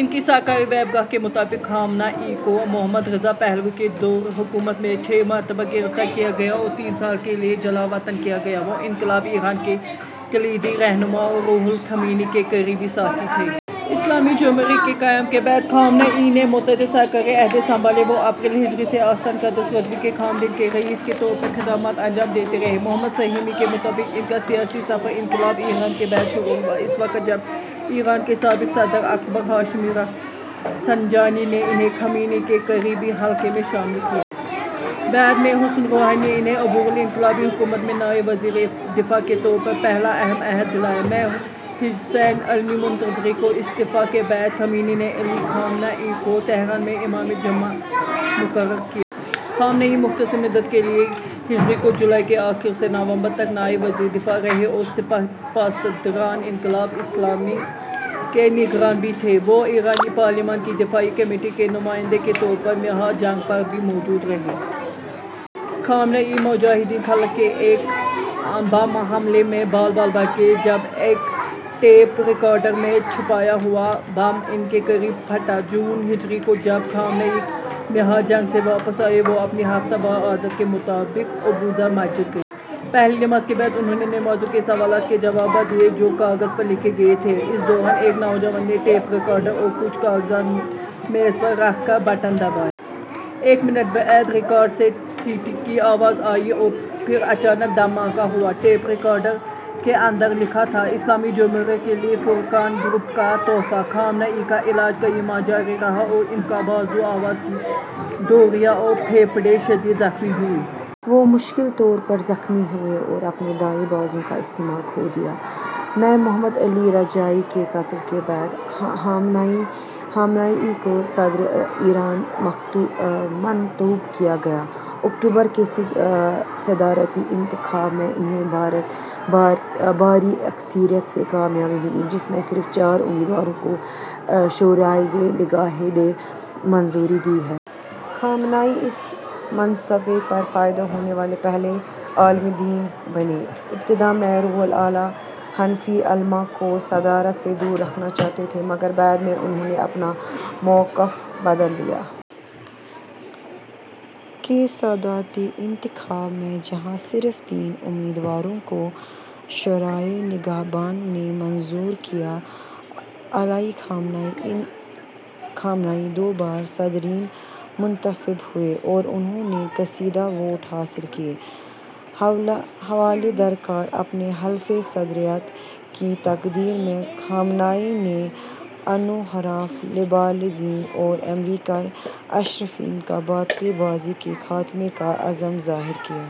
ان کی سرکاری ویب گاہ کے مطابق خامنہ ای کو محمد رضا پہلوی کے دور حکومت میں چھ مرتبہ گرفتار کیا گیا اور تین سال کے لیے جلاوطن کیا گیا۔ وہ انقلاب ایران کے کلیدی رہنما اور روح اللہ خمینی کے قریبی ساتھی تھے۔ اسلامی جمہوریہ کے قیام کے بعد خامنہ ای نے متعدد سرکاری عہدے سنبھالے۔ وہ اپریل ء سے آستان قدس رضوی کے خادمین کے رئیس کے طور پر خدمات انجام دیتے رہے۔ محمد سہیمی کے مطابق ان کا سیاسی سفر انقلاب ایران کے بعد شروع ہوا اس وقت جب ایران کے سابق صدر اکبر ہاشمی رفسنجانی نے انھیں خمینی کے قریبی حلقے میں شامل کیا۔ بعد میں حسن روحانی نے انھیں عبوری انقلابی حکومت میں نائب وزیر دفاع کے طور پر پہلا اہم عہدہ دلایا۔ ء میں حسین علی منتظری کے استعفا کے بعد خمینی نے علی خامنہ ای کو تہران میں امامِ جمعہ مقرر کیا۔ خامنہ ای مختصر مدت کے لیے ء کے جولائی کے آخر سے نومبر تک نائب وزیر دفاع رہے اور سپاہ پاسداران انقلاب اسلامی کے نگران بھی تھے۔ وہ ایرانی پارلیمان کی دفاعی کمیٹی کے نمائندے کے طور پر محاذ جنگ پر بھی موجود رہے۔ خامنہ ای مجاہدین خلق کے ایک بم حملے میں بال بال بچ گئے، جب ایک ٹیپ ریکارڈر میں چھپایا ہوا بم ان کے قریب پھٹا۔ جون ء کو جب خامنہ ای محاذ جنگ سے واپس آئے، وہ اپنی ہفتہ وار عادت کے مطابق ابو ذر مسجد گئے۔ پہلی نماز کے بعد انھوں نے نمازیوں کے سوالات کے جوابات دیے جو کاغذ پر لکھے گئے تھے۔ اس دوران ایک نوجوان نے ٹیپ ریکارڈر اور کچھ کاغذات میز پر رکھ کر بٹن دبایا۔ ایک منٹ بعد ریکارڈر سے سیٹی کی آواز آئی اور پھر اچانک دھماکا ہوا۔ ٹیپ ریکارڈر کے اندر لکھا تھا: "اسلامی جمہوریہ کے لیے فرقان گروپ کا تحفہ"۔ خامنہ ای کا علاج کئی ماہ جاری رہا اور ان کا بازو، آواز کی ڈوریاں اور پھیپھڑے شدید زخمی ہوئے۔ وہ مستقل طور پر زخمی ہوئے اور اپنے دائیں بازو کا استعمال کھو دیا۔ ء میں محمد علی رجائی کے قتل کے بعد خامنہ ای کو صدرِ ایران منتخب کیا گیا۔ اکتوبر ء کے صدارتی انتخاب میں انھیں بھاری اکثریت سے کامیابی ملی، جس میں صرف چار امیدواروں کو شورائے نگہبان نے منظوری دی تھی۔ خامنہ ای اس منصب پر فائز ہونے والے پہلے عالم دین بنے۔ ابتدا میں روح اللہ خمینی علما کو صدارت سے دور رکھنا چاہتے تھے مگر بعد میں انھوں نے اپنا موقف بدل لیا۔ ء کے صدارتی انتخاب میں جہاں صرف تین امیدواروں کو شورائے نگہبان نے منظور کیا، علی خامنہ ای دوبارہ صدرِ ایران منتخب ہوئے اور انھوں نے فیصد ووٹ حاصل کیے۔ حوالہ درکار اپنے حلفِ صدارت کی تقریر میں خامنہ ای نے "انحراف، لبرل ازم اور امریکی اثر یافتہ بائیں بازو" کے خاتمے کا عزم ظاہر کیا۔